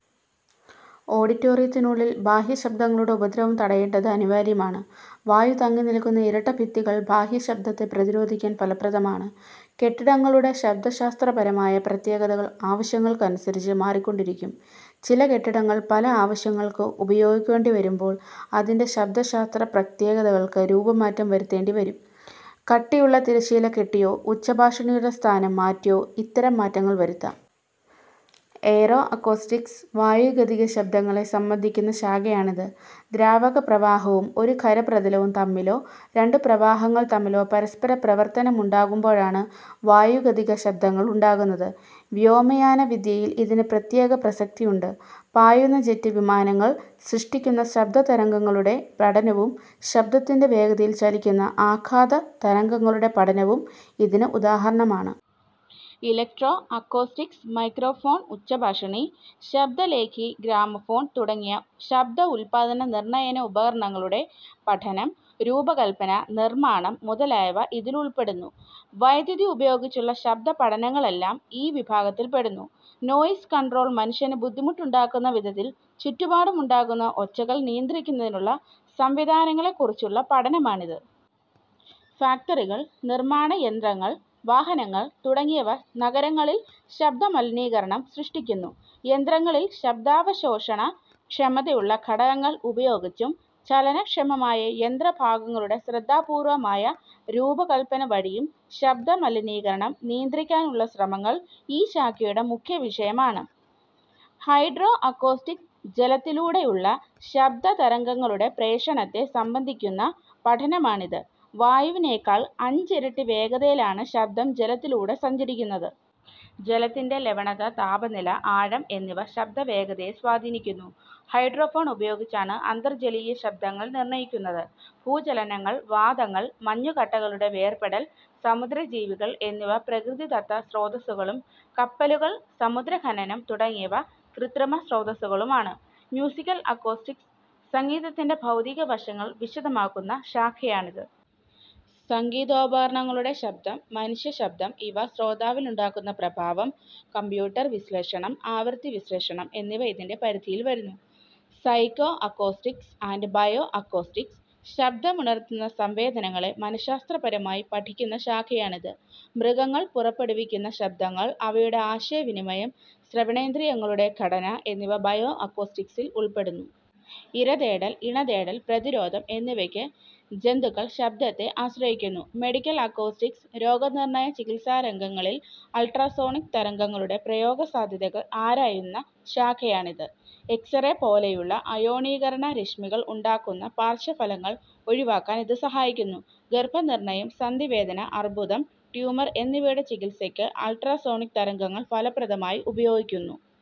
ഓഡിറ്റോറിയത്തിനുള്ളിൽ ബാഹ്യശബ്ദങ്ങളുടെ ഉപദ്രവം തടയേണ്ടത് അനിവാര്യമാണ്. വായു തങ്ങിനിൽക്കുന്ന ഇരട്ട ഭിത്തികൾ ബാഹ്യശബ്ദത്തെ പ്രതിരോധിക്കാൻ ഫലപ്രദമാണ്. കെട്ടിടങ്ങളുടെ ശബ്ദശാസ്ത്രപരമായ പ്രത്യേകതകൾ ആവശ്യങ്ങൾക്ക് അനുസരിച്ച് മാറിക്കൊണ്ടിരിക്കും. ചില കെട്ടിടങ്ങൾ പല ആവശ്യങ്ങൾക്ക് ഉപയോഗിക്കേണ്ടിവരുമ്പോൾ അതിൻ്റെ ശബ്ദശാസ്ത്ര പ്രത്യേകതകൾക്ക് രൂപമാറ്റം വരുത്തേണ്ടിവരും. കട്ടിയുള്ള തിരശ്ശീല കെട്ടിയോ ഉച്ചഭാഷിണിയുടെ സ്ഥാനം മാറ്റിയോ ഇത്തരം മാറ്റങ്ങൾ വരുത്താം. എയറോഅക്കോസ്റ്റിക്സ് വായുഗതിക ശബ്ദങ്ങളെ സംബന്ധിക്കുന്ന ശാഖയാണിത്. ദ്രാവക പ്രവാഹവും ഒരു ഖര പ്രതലവും തമ്മിലോ രണ്ടു പ്രവാഹങ്ങൾ തമ്മിലോ പരസ്പര പ്രവർത്തനമുണ്ടാകുമ്പോഴാണ് വായുഗതിക ശബ്ദങ്ങൾ ഉണ്ടാകുന്നത്. വ്യോമയാന വിദ്യയിൽ ഇതിന് പ്രത്യേക പ്രസക്തിയുണ്ട്. പായുന്ന ജെറ്റ് വിമാനങ്ങൾ സൃഷ്ടിക്കുന്ന ശബ്ദതരംഗങ്ങളുടെ പഠനവും ശബ്ദത്തിൻ്റെ വേഗതയിൽ ചലിക്കുന്ന ആഘാത തരംഗങ്ങളുടെ പഠനവും ഇതിന് ഉദാഹരണമാണ്. ഇലക്ട്രോ അക്കോസ്റ്റിക്സ് മൈക്രോഫോൺ, ഉച്ചഭാഷിണി, ശബ്ദലേഖി, ഗ്രാമഫോൺ തുടങ്ങിയ ശബ്ദ ഉൽപ്പാദന നിർണ്ണയന ഉപകരണങ്ങളുടെ പഠനം, രൂപകൽപ്പന, നിർമ്മാണം മുതലായവ ഇതിൽ ഉൾപ്പെടുന്നു. വൈദ്യുതി ഉപയോഗിച്ചുള്ള ശബ്ദപഠനങ്ങളെല്ലാം ഈ വിഭാഗത്തിൽപ്പെടുന്നു. നോയിസ് കൺട്രോൾ മനുഷ്യന് ബുദ്ധിമുട്ടുണ്ടാക്കുന്ന വിധത്തിൽ ചുറ്റുപാടും ഉണ്ടാകുന്ന ഒച്ചകൾ നിയന്ത്രിക്കുന്നതിനുള്ള സംവിധാനങ്ങളെക്കുറിച്ചുള്ള പഠനമാണിത്. ഫാക്ടറികൾ, നിർമ്മാണ യന്ത്രങ്ങൾ, വാഹനങ്ങൾ തുടങ്ങിയവ നഗരങ്ങളിൽ ശബ്ദമലിനീകരണം സൃഷ്ടിക്കുന്നു. യന്ത്രങ്ങളിൽ ശബ്ദാവശോഷണ ക്ഷമതയുള്ള ഘടകങ്ങൾ ഉപയോഗിച്ചും ചലനക്ഷമമായ യന്ത്രഭാഗങ്ങളുടെ ശ്രദ്ധാപൂർവ്വമായ രൂപകൽപ്പന വഴിയും ശബ്ദമലിനീകരണം നിയന്ത്രിക്കാനുള്ള ശ്രമങ്ങൾ ഈ ശാഖയുടെ മുഖ്യ വിഷയമാണ്. ഹൈഡ്രോ അക്കോസ്റ്റിക്സ് ജലത്തിലൂടെയുള്ള ശബ്ദതരംഗങ്ങളുടെ പ്രേഷണത്തെ സംബന്ധിക്കുന്ന പഠനമാണിത്. വായുവിനേക്കാൾ അഞ്ചിരട്ടി വേഗതയിലാണ് ശബ്ദം ജലത്തിലൂടെ സഞ്ചരിക്കുന്നത്. ജലത്തിൻ്റെ ലവണത, താപനില, ആഴം എന്നിവ ശബ്ദവേഗതയെ സ്വാധീനിക്കുന്നു. ഹൈഡ്രോഫോൺ ഉപയോഗിച്ചാണ് അന്തർജലീയ ശബ്ദങ്ങൾ നിർണ്ണയിക്കുന്നത്. ഭൂചലനങ്ങൾ, വാതങ്ങൾ, മഞ്ഞുകട്ടകളുടെ വേർപെടൽ, സമുദ്രജീവികൾ എന്നിവ പ്രകൃതിദത്ത സ്രോതസ്സുകളും കപ്പലുകൾ, സമുദ്ര ഖനനം തുടങ്ങിയവ കൃത്രിമ സ്രോതസ്സുകളുമാണ്. മ്യൂസിക്കൽ അക്കോസ്റ്റിക്സ് സംഗീതത്തിൻ്റെ ഭൗതിക വശങ്ങൾ വിശദമാക്കുന്ന ശാഖയാണിത്. സംഗീതോപകരണങ്ങളുടെ ശബ്ദം, മനുഷ്യശബ്ദം ഇവ ശ്രോതാവിലുണ്ടാക്കുന്ന പ്രഭാവം, കമ്പ്യൂട്ടർ വിശ്ലേഷണം, ആവൃത്തി വിശ്ലേഷണം എന്നിവ ഇതിൻ്റെ പരിധിയിൽ വരുന്നു. Psycho acoustics and bio acoustics ശബ്ദം ഉണർത്തുന്ന സംവേദനങ്ങളെ മനഃശാസ്ത്രപരമായി പഠിക്കുന്ന ശാഖയാണിത്. മൃഗങ്ങൾ പുറപ്പെടുവിക്കുന്ന ശബ്ദങ്ങൾ, അവയുടെ ആശയവിനിമയം, ശ്രവണേന്ദ്രിയങ്ങളുടെ ഘടന എന്നിവ ബയോ അക്കോസ്റ്റിക്സിൽ ഉൾപ്പെടുന്നു. ഇരതേടൽ, ഇണതേടൽ, പ്രതിരോധം എന്നിവയ്ക്ക് ജന്തുക്കൾ ശബ്ദത്തെ ആശ്രയിക്കുന്നു. മെഡിക്കൽ അക്കോസ്റ്റിക്സ് രോഗനിർണ്ണയ-ചികിത്സാരംഗങ്ങളിൽ അൾട്രാസോണിക് തരംഗങ്ങളുടെ പ്രയോഗസാധ്യതകൾ ആരായുന്ന ശാഖയാണിത്. എക്സ്-റേ പോലെയുള്ള അയോണീകരണ രശ്മികൾ ഉണ്ടാക്കുന്ന പാർശ്വഫലങ്ങൾ ഒഴിവാക്കാൻ ഇത് സഹായിക്കുന്നു. ഗർഭനിർണ്ണയം, സന്ധിവേദന, അർബുദം, ട്യൂമർ എന്നിവയുടെ ചികിത്സയ്ക്ക് അൾട്രാസോണിക് തരംഗങ്ങൾ ഫലപ്രദമായി ഉപയോഗിക്കുന്നു.